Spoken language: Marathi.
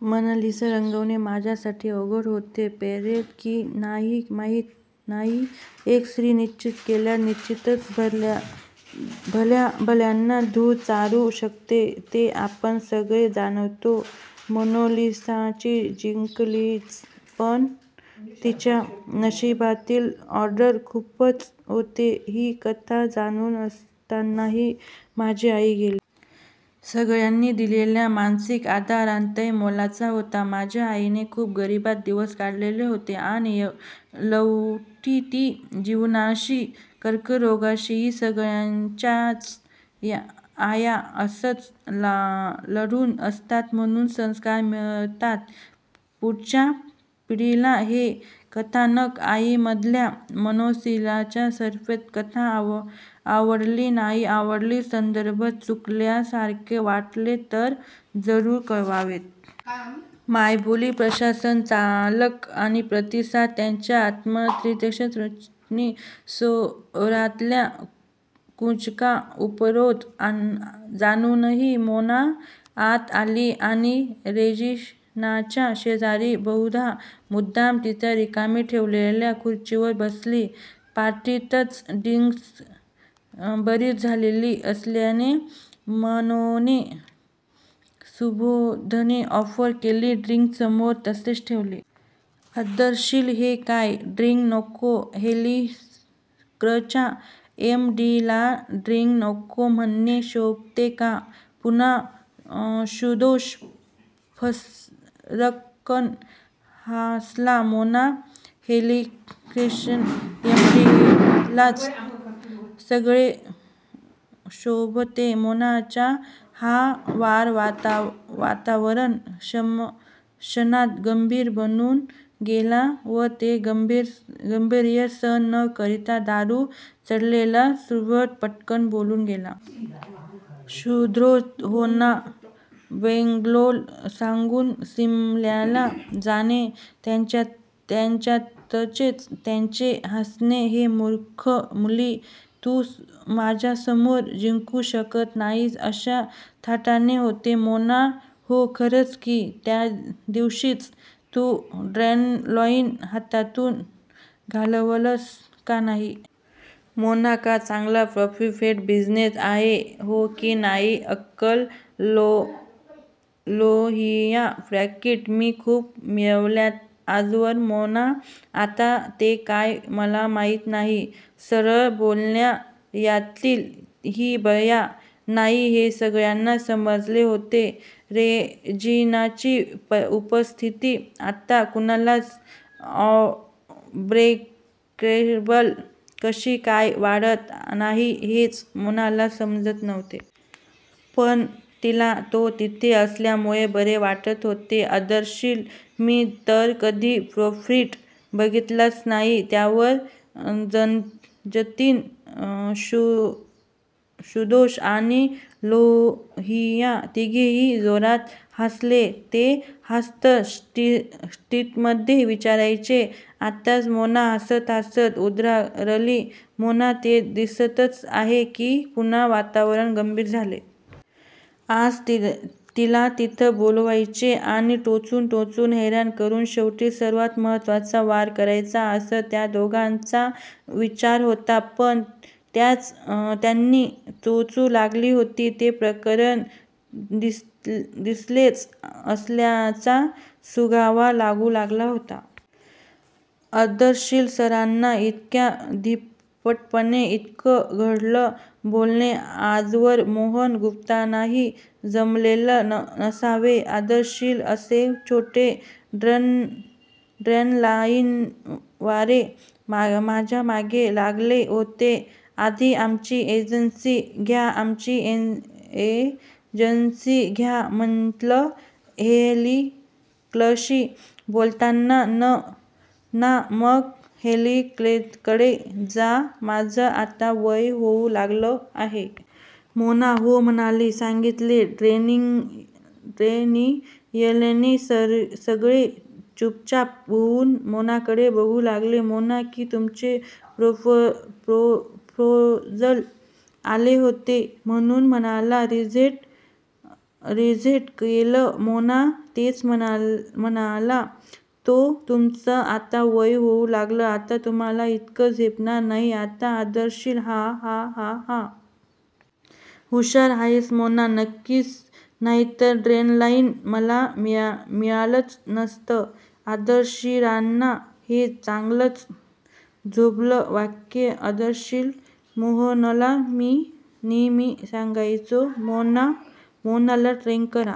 मोनालिसा रंगवणे माझ्यासाठी अवघड होते. पेलले की नाही माहीत नाही. एक स्त्री निश्चय केल्यास निश्चीतच भल्याभल्यांना धूळ चारू शकते हे आपण सगळे जाणतोच! मोनालिसाही जिंकलीच, पण तिच्या नशीबातील 'ऑड्स' खूपच होते.. ही कथा चालू असतानाच माझी आई गेली. सगळ्यांनी दिलेला मानसिक आधार अत्यंत मोलाचा होता. माझ्या आईने खूप गरीबीत दिवस काढलेले होते. आणि लढली ती जीवनाशी. कर्करोगाशीही! सगळ्यांच्याच आया अशाच लढाऊ असतात. म्हणूनच संस्कार मिळतात पुढच्या पिढीला, हे कथानक आईमधल्या मोनालिसाला समर्पीत, कथा आवडली, नाही आवडली, संदर्भ चुकल्यासारखे वाटले तर जरूर कळवावेत! मायबोली प्रशासन, वाचक व प्रतिसादक यांच्या आत्मीयतेच्या ऋणात. अर्देशीरांच्या स्वरातला कुजका उपरोध जाणवूनही मोना आत आली आणि रेजिनाच्या शेजारी 'बहुधा मुद्दाम तीच रिकामी ठेवलेल्या' खुर्चीवर बसली. पार्टीतच ड्रिन्क्स बरीच झालेली असल्याने मोनाने सुबोधने ऑफर केलेले ड्रिन्क समोर तसेच ठेवले. अर्देशीर हे काय? ड्रिन्क नको?? हेलिक्सच्या एम डी ला ड्रिन्क नको म्हणणे शोभते का? पुन्हा सुबोध फस्सकन हासला. मोना हेलिक्सच्या एमडीलाच सगळे शोभते. मोनाचा हा वार वातावरण क्षणात गंभीर बनवून गेला. पण ते गांभीर्य सहन न होऊन दारू चढलेला सुबोध पटकन बोलून गेला. सुबोध हो ना, बँगलोर सांगून सिमल्याला जाणे... त्यानंतरचे त्याचे हासणे हे 'मूर्ख मुली, तू माझ्यासमोर जिंकू शकणार नाहीस' अशा थाटाचे होते. मोना ओह खरच की? त्याचदिवशी तू डॅनलाईन हातातून घालवलंस नाही का? मोना का? चांगला प्रॉफिटेबल बिझिनेस आहे. हो की नाही अंकल? लोहिया प्रॉफिट मी खूप मिळवलाय आजवर मोना आता ते काय मला माहीत नाही? सरळ बोलणार्यातली ही बया नाही हे सगळ्यांना समजलेले होते. रेजिनाची उपस्थिती आत्ता कुणालाच ऑब्जेक्शनेबल कशी काय वाटत नाही हेच मोनाला समजत नव्हते. पण तिला तो तिथे असल्यामुळे बरे वाटत होते. अर्देशीर मी तर कधी प्रॉफिट बघितलाच नाही. यावर जतीन, सुबोध आणि लोहिया तिघेही जोरात हासले. ते हास्य स्विटमध्ये विरायच्या आतच मोना हासत हासत उद्गारली. मोना ते दिसतंच आहे की, पुन्हा वातावरण गंभीर झाले. आज तिला इथे बोलवायचे आणि टोचून टोचून हैराण करून शेवटी सर्वात महत्वाचा वार करायचा असा त्या चौघांचा विचार होता. पण तीच यांना टोचू लागली होती. हे प्रकरण तिसरेच असल्याचा सुगावा लागू लागला होता. अर्देशीर सरांना इतक्या धीटपणे इतके उघड बोलणे आजवर मोहन गुप्तांनाही जमलेले नसावे. अर्देशीर अरे होते डॅनलाईनवाले माझ्यामागे लागले होते आधी आमची एजन्सी घ्या, आमची एजन्सी घ्या, म्हंटलं हेलिक्सशी बोलताय ना? मग हेलिक्सकडेच जा, माझं आता वय होऊ लागलं आहे. मोना हो, मलाही सांगीतलं डॅनीयलने, सगळे चुपचाप होऊन मोनाकडे बघू लागले. मोना की तुमचे प्रपोजल आले होते म्हणून म्हणाला रिजेक्ट केले. मोना तेच म्हणाला तो, तुमचं आता वय होऊ लागलं आहे. तुम्हाला इतकं झेपणार नाही आता, अर्देशीर हा हा हा हा! हुषार आहेस. मोना नक्कीच, नाहीतर डॅनलाईन मला मिळालंच नसतं. अर्देशीरांना हे चांगलंच झोंबलं वाक्य! अर्देशीर मोहनला मी नेहमी सांगायचो. मोनाला ट्रेन कर--